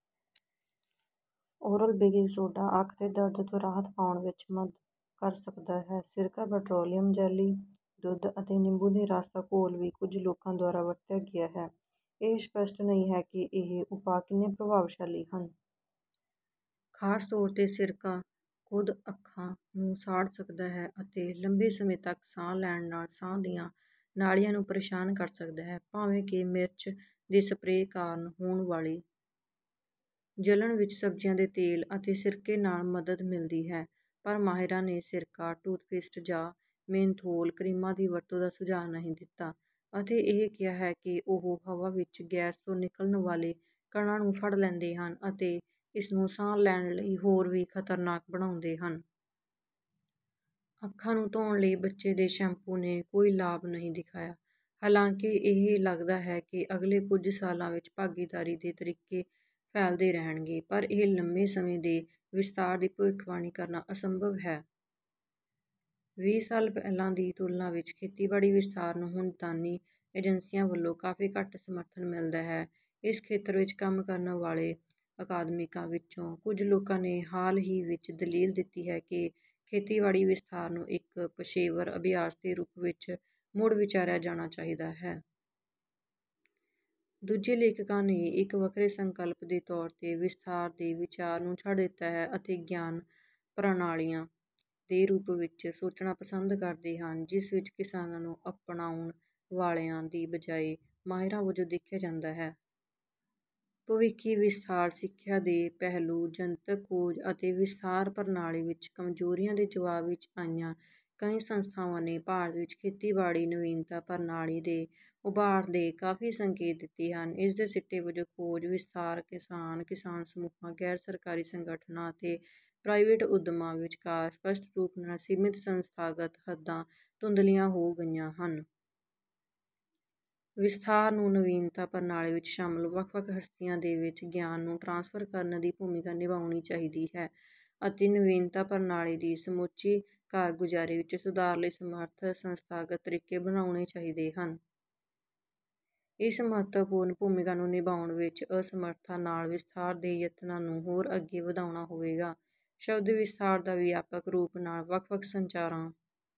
Oral baking soda ਅੱਖ ਦੇ ਦਰਦ ਤੋਂ ਰਾਹਤ ਪਾਉਣ ਵਿੱਚ ਮਦ ਕਰ ਸਕਦਾ ਹੈ। ਸਿਰਕਾ, ਪੈਟਰੋਲੀਅਮ ਜੈਲੀ, ਦੁੱਧ ਅਤੇ ਨਿੰਬੂ ਦੇ ਰਸ ਦਾ ਘੋਲ ਵੀ ਕੁਝ ਲੋਕਾਂ ਦੁਆਰਾ ਵਰਤਿਆ ਗਿਆ ਹੈ। ਇਹ ਸਪਸ਼ਟ ਨਹੀਂ ਹੈ ਕਿ ਇਹ ਉਪਾਅ ਕਿੰਨੇ ਪ੍ਰਭਾਵਸ਼ਾਲੀ ਹਨ। ਖਾਸ ਤੌਰ 'ਤੇ, ਸਿਰਕਾ ਖੁਦ ਅੱਖਾਂ ਨੂੰ ਸਾੜ ਸਕਦਾ ਹੈ ਅਤੇ ਲੰਬੇ ਸਮੇਂ ਤੱਕ ਸਾਹ ਲੈਣ ਨਾਲ ਸਾਹ ਦੀਆਂ ਨਾਲੀਆਂ ਨੂੰ ਪਰੇਸ਼ਾਨ ਕਰ ਸਕਦਾ ਹੈ। ਭਾਵੇਂ ਕਿ ਮਿਰਚ ਦੇ ਸਪਰੇਅ ਕਾਰਨ ਹੋਣ ਵਾਲੀ ਜਲਣ ਵਿੱਚ ਸਬਜ਼ੀਆਂ ਦੇ ਤੇਲ ਅਤੇ ਸਿਰਕੇ ਨਾਲ ਮਦਦ ਮਿਲਦੀ ਹੈ, ਪਰ ਮਾਹਿਰਾਂ ਨੇ ਸਿਰਕਾ, ਟੂਥਪੇਸਟ ਜਾਂ ਮੇਨਥੋਲ ਕਰੀਮਾਂ ਦੀ ਵਰਤੋਂ ਦਾ ਸੁਝਾਅ ਨਹੀਂ ਦਿੱਤਾ ਅਤੇ ਇਹ ਕਿਹਾ ਕਿ "ਉਹ ਹਵਾ ਵਿੱਚ ਗੈਸ ਤੋਂ ਨਿਕਲਣ ਵਾਲੇ ਕਣਾਂ ਨੂੰ ਫੜ ਲੈਂਦੇ ਹਨ ਅਤੇ ਇਸਨੂੰ ਸਾਹ ਲੈਣ ਲਈ ਹੋਰ ਵੀ ਖਤਰਨਾਕ ਬਣਾਉਂਦੇ ਹਨ।" ਅੱਖਾਂ ਨੂੰ ਧੋਣ ਲਈ ਬੱਚੇ ਦੇ ਸ਼ੈਂਪੂ ਨੇ ਕੋਈ ਲਾਭ ਨਹੀਂ ਦਿਖਾਇਆ। ਹਾਲਾਂਕਿ ਇਹ ਲੱਗਦਾ ਹੈ ਕਿ ਅਗਲੇ ਕੁਝ ਸਾਲਾਂ ਵਿੱਚ ਭਾਗੀਦਾਰੀ ਦੇ ਤਰੀਕੇ ਫੈਲਦੇ ਰਹਿਣਗੇ, ਪਰ ਇਹ ਲੰਬੇ ਸਮੇਂ ਦੇ ਵਿਸਥਾਰ ਦੀ ਭਵਿੱਖਬਾਣੀ ਕਰਨਾ ਅਸੰਭਵ ਹੈ। ਵੀਹ ਸਾਲ ਪਹਿਲਾਂ ਦੀ ਤੁਲਨਾ ਵਿੱਚ, ਖੇਤੀਬਾੜੀ ਵਿਸਥਾਰ ਨੂੰ ਹੁਣ ਦਾਨੀ ਏਜੰਸੀਆਂ ਵੱਲੋਂ ਕਾਫੀ ਘੱਟ ਸਮਰਥਨ ਮਿਲਦਾ ਹੈ। ਇਸ ਖੇਤਰ ਵਿੱਚ ਕੰਮ ਕਰਨ ਵਾਲੇ ਅਕਾਦਮਿਕਾਂ ਵਿੱਚੋਂ, ਕੁਝ ਲੋਕਾਂ ਨੇ ਹਾਲ ਹੀ ਵਿੱਚ ਦਲੀਲ ਦਿੱਤੀ ਹੈ ਕਿ ਖੇਤੀਬਾੜੀ ਵਿਸਥਾਰ ਨੂੰ ਇੱਕ ਪੇਸ਼ੇਵਰ ਅਭਿਆਸ ਦੇ ਰੂਪ ਵਿੱਚ ਮੁੜ-ਵਿਚਾਰਿਆ ਜਾਣਾ ਚਾਹੀਦਾ ਹੈ। ਦੂਜੇ ਲੇਖਕਾਂ ਨੇ ਇੱਕ ਵੱਖਰੇ ਸੰਕਲਪ ਦੇ ਤੌਰ 'ਤੇ ਵਿਸਥਾਰ ਦੇ ਵਿਚਾਰ ਨੂੰ ਛੱਡ ਦਿੱਤਾ ਹੈ ਅਤੇ "ਗਿਆਨ ਪ੍ਰਣਾਲੀਆਂ" ਦੇ ਰੂਪ ਵਿੱਚ ਸੋਚਣਾ ਪਸੰਦ ਕਰਦੇ ਹਨ ਜਿਸ ਵਿੱਚ ਕਿਸਾਨਾਂ ਨੂੰ ਅਪਣਾਉਣ ਵਾਲਿਆਂ ਦੀ ਬਜਾਏ ਮਾਹਿਰਾਂ ਵਜੋਂ ਵੇਖਿਆ ਜਾਂਦਾ ਹੈ। ਭਵਿੱਖੀ ਵਿਸਥਾਰ ਸਿੱਖਿਆ ਦੇ ਪਹਿਲੂ ਜਨਤਕ ਖੋਜ ਅਤੇ ਵਿਸਥਾਰ ਪ੍ਰਣਾਲੀ ਵਿੱਚ ਕਮਜ਼ੋਰੀਆਂ ਦੇ ਜਵਾਬ ਵਿੱਚ ਆਈਆਂ ਕਈ ਸੰਸਥਾਵਾਂ ਨੇ ਭਾਰਤ ਵਿੱਚ ਖੇਤੀਬਾੜੀ ਨਵੀਨਤਾ ਪ੍ਰਣਾਲੀ ਦੇ ਉਭਾਰ ਦੇ ਕਾਫ਼ੀ ਸੰਕੇਤ ਦਿੱਤੇ ਹਨ। ਇਸ ਦੇ ਸਿੱਟੇ ਵਜੋਂ ਖੋਜ, ਵਿਸਥਾਰ, ਕਿਸਾਨ, ਕਿਸਾਨ ਸਮੂਹਾਂ, ਗੈਰ ਸਰਕਾਰੀ ਸੰਗਠਨਾਂ ਅਤੇ ਪ੍ਰਾਈਵੇਟ ਉੱਦਮਾਂ ਵਿੱਚਕਾਰ ਸਪੱਸ਼ਟ ਰੂਪ ਨਾਲ ਸੀਮਿਤ ਸੰਸਥਾਗਤ ਹੱਦਾਂ ਧੁੰਦਲੀਆਂ ਹੋ ਗਈਆਂ ਹਨ। ਵਿਸਥਾਰ ਨੂੰ ਨਵੀਨਤਾ ਪ੍ਰਣਾਲੀ ਵਿੱਚ ਸ਼ਾਮਲ ਵੱਖ-ਵੱਖ ਹਸਤੀਆਂ ਦੇ ਵਿੱਚ ਗਿਆਨ ਨੂੰ ਟ੍ਰਾਂਸਫਰ ਕਰਨ ਦੀ ਭੂਮਿਕਾ ਨਿਭਾਉਣੀ ਚਾਹੀਦੀ ਹੈ ਅਤੇ ਨਵੀਨਤਾ ਪ੍ਰਣਾਲੀ ਦੀ ਸਮੁੱਚੀ ਕਾਰਗੁਜ਼ਾਰੀ ਵਿੱਚ ਸੁਧਾਰ ਲਈ ਸਮਰੱਥ ਸੰਸਥਾਗਤ ਤਰੀਕੇ ਬਣਾਉਣੇ ਚਾਹੀਦੇ ਹਨ। ਇਸ ਮਹੱਤਵਪੂਰਨ ਭੂਮਿਕਾ ਨੂੰ ਨਿਭਾਉਣ ਵਿੱਚ ਅਸਮਰਥਤਾ ਨਾਲ ਵਿਸਥਾਰ ਦੇ ਯਤਨਾਂ ਨੂੰ ਹੋਰ ਅੱਗੇ ਵਧਾਉਣਾ ਹੋਵੇਗਾ। ਸ਼ਬਦ "ਵਿਸਥਾਰ" ਦਾ ਵਿਆਪਕ ਰੂਪ ਨਾਲ ਵੱਖ-ਵੱਖ ਸੰਚਾਰਾਂ